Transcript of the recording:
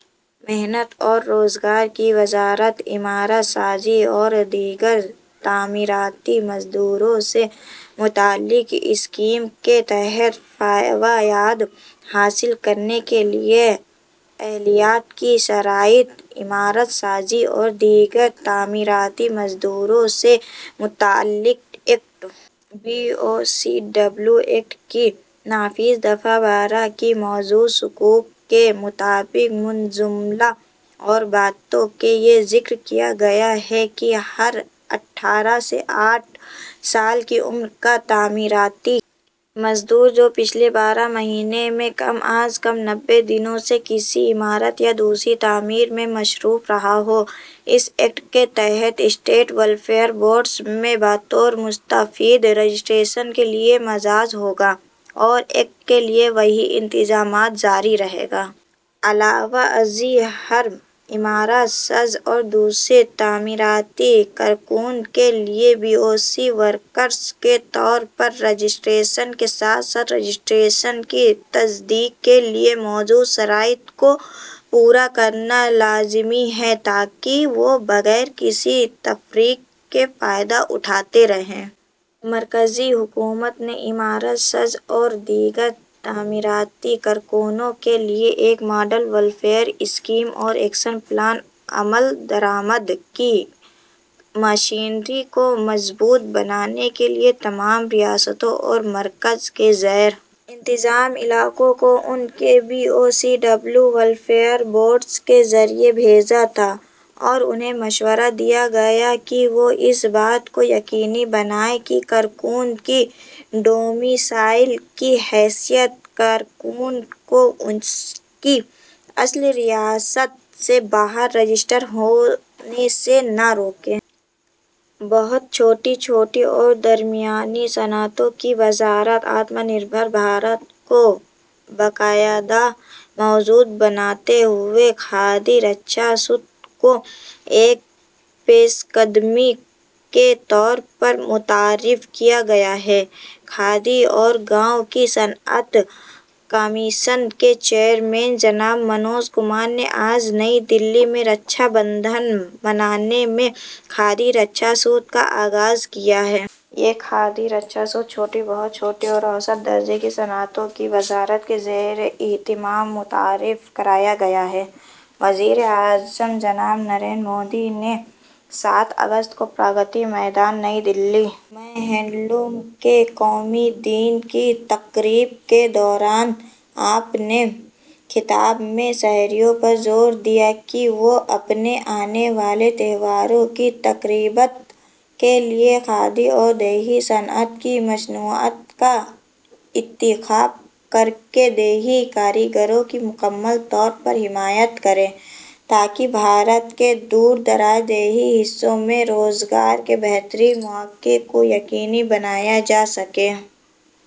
محنت اور روزگار کی وزارت عمارات سازی اور دیگر تعمیراتی مزدوروں سے متعلق اسکیم کے تحت فوائد حاصل کرنے کے لیے اہلیت کی شرائط عمارات سازی اور دیگر تعمیراتی مزدوروں سے متعلق act, B O C W act, کی نافذ دفعہ بارہ کی موجودہ شقوں کے مطابق منجملہ اور باتوں کے یہ ذکر کیا گیا ہے کہ ہر اٹھارہ سے ساٹھ سال کی عمر کا تعمیراتی مزدور جو پچھلے بارہ مہینوں میں کم از کم نوے دنوں سے کسی عمارت یا دوسری تعمیر میں مصروف رہا ہو، اس ایکٹ کے تحت اسٹیٹ ویلفیئر بورڈز میں بطور مستفید رجسٹریشن کے لیے مجاز ہوگا اور ایکٹ کے لیے وہی انتظامات جاری رہیں گے۔ علاوہ ازیں، ہر عمارات ساز اور دوسرے تعمیراتی کارکن کے لیے بی او سی ورکرز کے طور پر رجسٹریشن کے ساتھ ساتھ رجسٹریشن کی تجدید کے لیے موجودہ شرائط کو پورا کرنا لازمی ہے تاکہ وہ بغیر کسی تفریق کے فائدہ اٹھاتے رہیں۔ مرکزی حکومت نے عمارات ساز اور دیگر تعمیراتی کارکنوں کے لیے ایک ماڈل ویلفیئر اسکیم اور ایکشن پلان، عمل درآمد کی مشینری کو مضبوط بنانے کے لیے تمام ریاستوں اور مرکز کے زیر انتظام علاقوں کو ان کے B O C W welfare boards کے ذریعے بھیجا تھا اور انہیں مشورہ دیا گیا کہ وہ اس بات کو یقینی بنائیں کہ کارکن کی ڈومیسائل کی حیثیت کارکن کو اس کی اصل ریاست سے باہر رجسٹرڈ ہونے سے نہ روکے۔ بہت چھوٹی، چھوٹی اور درمیانی صنعتوں کی وزارت آتم نربھر بھارت کو بااختیار بناتے ہوئے کھادی رکشا سوت کو ایک پیش قدمی کے طور پر متعارف کیا گیا ہے۔ کھادی اور گاؤں کی صنعت کمیشن کے چیئرمین، جناب منوج کمار نے آج نئی دہلی میں رکشا بندھن منانے میں کھادی رکشا سوت کا آغاز کیا ہے۔ یہ کھادی رکشا سوت چھوٹی، بہت چھوٹی اور اوسط درجے کی صنعتوں کی وزارت کے زیراہتمام متعارف کرایا گیا ہے۔ وزیر اعظم جناب نریندر مودی نے سات اگست کو پرگتی میدان، نئی دہلی میں ہینڈلوم کے قومی دن کی تقریب کے دوران اپنے خطاب میں شہریوں پر زور دیا کہ وہ اپنے آنے والے تہواروں کی تقریبات کے لیے کھادی اور دیہی صنعت کی مصنوعات کا انتخاب کرکے دیہی کاریگروں کی مکمل طور پر حمایت کریں، تاکہ بھارت کے دور دراز دیہی حصوں میں روزگار کے بہترین مواقع کو یقینی بنایا جاسکے۔